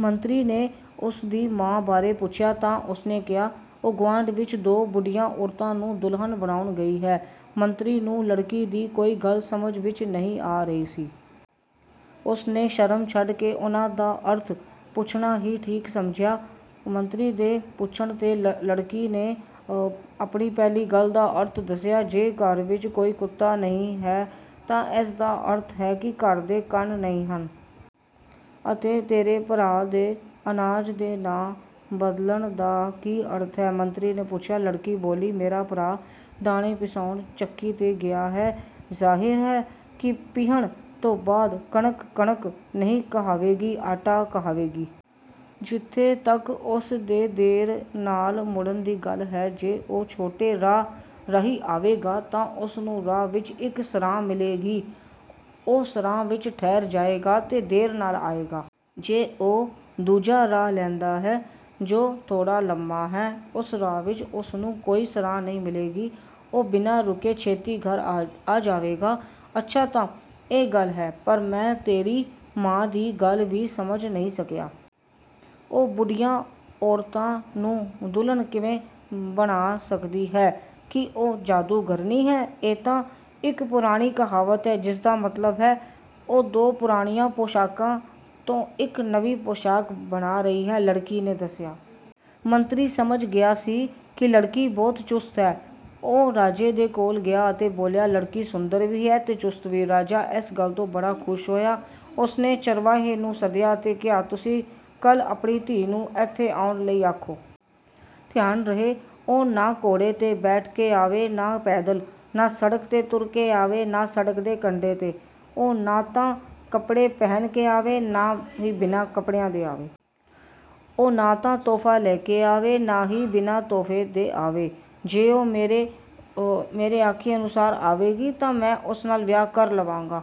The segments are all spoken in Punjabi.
ਮੰਤਰੀ ਨੇ ਉਸ ਦੀ ਮਾਂ ਬਾਰੇ ਪੁੱਛਿਆ ਤਾਂ ਉਸ ਨੇ ਕਿਹਾ, "ਉਹ ਗੁਆਂਢ ਵਿੱਚ ਦੋ ਬੁੱਢੀਆਂ ਔਰਤਾਂ ਨੂੰ ਦੁਲਹਨ ਬਣਾਉਣ ਗਈ ਹੈ।" ਮੰਤਰੀ ਨੂੰ ਲੜਕੀ ਦੀ ਕੋਈ ਗੱਲ ਸਮਝ ਵਿੱਚ ਨਹੀਂ ਆ ਰਹੀ ਸੀ। ਉਸ ਨੇ ਸ਼ਰਮ ਛੱਡ ਕੇ ਉਨ੍ਹਾਂ ਦਾ ਅਰਥ ਪੁੱਛਣਾ ਹੀ ਠੀਕ ਸਮਝਿਆ। ਮੰਤਰੀ ਦੇ ਪੁੱਛਣ 'ਤੇ ਲੜਕੀ ਨੇ ਆਪਣੀ ਪਹਿਲੀ ਗੱਲ ਦਾ ਅਰਥ ਦੱਸਿਆ, "ਜੇ ਘਰ ਵਿੱਚ ਕੋਈ ਕੁੱਤਾ ਨਹੀਂ ਹੈ ਤਾਂ ਇਸ ਦਾ ਅਰਥ ਹੈ ਕਿ ਘਰ ਦੇ ਕੰਨ ਨਹੀਂ ਹਨ।" "ਅਤੇ ਤੇਰੇ ਭਰਾ ਦੇ ਅਨਾਜ ਦੇ ਨਾਂ ਬਦਲਣ ਦਾ ਕੀ ਅਰਥ ਹੈ?" ਮੰਤਰੀ ਨੇ ਪੁੱਛਿਆ। ਲੜਕੀ ਬੋਲੀ, "ਮੇਰਾ ਭਰਾ ਦਾਣੇ ਪਿਸਾਉਣ ਚੱਕੀ 'ਤੇ ਗਿਆ ਹੈ। ਜ਼ਾਹਿਰ ਹੈ ਕਿ ਪੀਹਣ ਤੋਂ ਬਾਅਦ ਕਣਕ, ਕਣਕ ਨਹੀਂ ਕਹਾਵੇਗੀ, ਆਟਾ ਕਹਾਵੇਗੀ। ਜਿੱਥੇ ਤੱਕ ਉਸ ਦੇ ਦੇਰ ਨਾਲ ਮੁੜਨ ਦੀ ਗੱਲ ਹੈ, ਜੇ ਉਹ ਛੋਟੇ ਰਾਹ ਰਾਹੀਂ ਆਵੇਗਾ ਤਾਂ ਉਸ ਨੂੰ ਰਾਹ ਵਿੱਚ ਇੱਕ ਸਰਾਂ ਮਿਲੇਗੀ। ਉਹ ਸਰਾਂ ਵਿੱਚ ਠਹਿਰ ਜਾਏਗਾ ਅਤੇ ਦੇਰ ਨਾਲ ਆਏਗਾ। ਜੇ ਉਹ ਦੂਜਾ ਰਾਹ ਲੈਂਦਾ ਹੈ, ਜੋ ਥੋੜ੍ਹਾ ਲੰਮਾ ਹੈ, ਉਸ ਰਾਹ ਵਿੱਚ ਉਸ ਨੂੰ ਕੋਈ ਸਰਾਂ ਨਹੀਂ ਮਿਲੇਗੀ। ਉਹ ਬਿਨਾਂ ਰੁਕੇ ਛੇਤੀ ਘਰ ਆ ਜਾਏਗਾ।" "ਅੱਛਾ, ਤਾਂ ਇਹ ਗੱਲ ਹੈ! ਪਰ ਮੈਂ ਤੇਰੀ ਮਾਂ ਦੀ ਗੱਲ ਵੀ ਸਮਝ ਨਹੀਂ ਸਕਿਆ। ਉਹ ਬੁੱਢੀਆਂ ਔਰਤਾਂ ਨੂੰ ਦੁਲਹਨ ਕਿਵੇਂ ਬਣਾ ਸਕਦੀ ਹੈ, ਕੀ ਉਹ ਜਾਦੂਗਰਨੀ ਹੈ?" "ਇਹ ਤਾਂ ਇੱਕ ਪੁਰਾਣੀ ਕਹਾਵਤ ਹੈ, ਜਿਸ ਦਾ ਮਤਲਬ ਹੈ ਕਿ ਉਹ ਦੋ ਪੁਰਾਣੀਆਂ ਪੌਸ਼ਾਕਾਂ ਤੋਂ ਇੱਕ ਨਵੀਂ ਪੌਸ਼ਾਕ ਬਣਾ ਰਹੀ ਹੈ," ਲੜਕੀ ਨੇ ਦੱਸਿਆ। ਮੰਤਰੀ ਸਮਝ ਗਿਆ ਸੀ ਕਿ ਲੜਕੀ ਬਹੁਤ ਚੁਸਤ ਹੈ। ਉਹ ਰਾਜੇ ਦੇ ਕੋਲ ਗਿਆ ਅਤੇ ਬੋਲਿਆ, "ਲੜਕੀ ਸੁੰਦਰ ਵੀ ਹੈ ਅਤੇ ਚੁਸਤ ਵੀ।" ਰਾਜਾ ਇਸ ਗੱਲ ਤੋਂ ਬੜਾ ਖ਼ੁਸ਼ ਹੋਇਆ। ਉਸ ਨੇ ਚਰਵਾਹੇ ਨੂੰ ਸੱਦਿਆ ਅਤੇ ਕਿਹਾ, "ਤੁਸੀਂ ਕੱਲ੍ਹ ਆਪਣੀ ਧੀ ਨੂੰ ਇੱਥੇ ਆਉਣ ਲਈ ਆਖੋ। ਧਿਆਨ ਰਹੇ, ਉਹ ਨਾ ਘੋੜੇ 'ਤੇ ਬੈਠ ਕੇ ਆਵੇ, ਨਾ ਪੈਦਲ। ਨਾ ਸੜਕ 'ਤੇ ਤੁਰ ਕੇ ਆਵੇ, ਨਾ ਸੜਕ ਦੇ ਕੰਢੇ 'ਤੇ। ਉਹ ਨਾ ਤਾਂ ਕੱਪੜੇ ਪਹਿਨ ਕੇ ਆਵੇ, ਨਾ ਹੀ ਬਿਨਾਂ ਕੱਪੜਿਆਂ ਦੇ ਆਵੇ। ਉਹ ਨਾ ਤਾਂ ਤੋਹਫ਼ਾ ਲੈ ਕੇ ਆਵੇ, ਨਾ ਹੀ ਬਿਨਾਂ ਤੋਹਫ਼ੇ ਦੇ ਆਵੇ। ਜੇ ਉਹ ਮੇਰੇ ਆਖੇ ਅਨੁਸਾਰ ਆਵੇਗੀ ਤਾਂ ਮੈਂ ਉਸ ਨਾਲ ਵਿਆਹ ਕਰ ਲਵਾਂਗਾ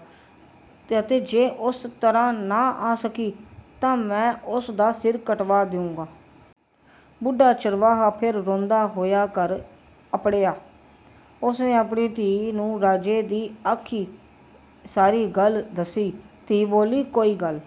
ਅਤੇ ਜੇ ਉਸ ਤਰ੍ਹਾਂ ਨਾ ਆ ਸਕੀ ਤਾਂ ਮੈਂ ਉਸ ਦਾ ਸਿਰ ਕਟਵਾ ਦਿਊਂਗਾ।" ਬੁੱਢਾ ਚਰਵਾਹਾ ਫੇਰ ਰੋਂਦਾ ਹੋਇਆ ਘਰ ਅੱਪੜਿਆ। ਉਸ ਨੇ ਆਪਣੀ ਧੀ ਨੂੰ ਰਾਜੇ ਦੀ ਆਖੀ ਸਾਰੀ ਗੱਲ ਦੱਸੀ। ਧੀ ਬੋਲੀ, ''ਕੋਈ ਗੱਲ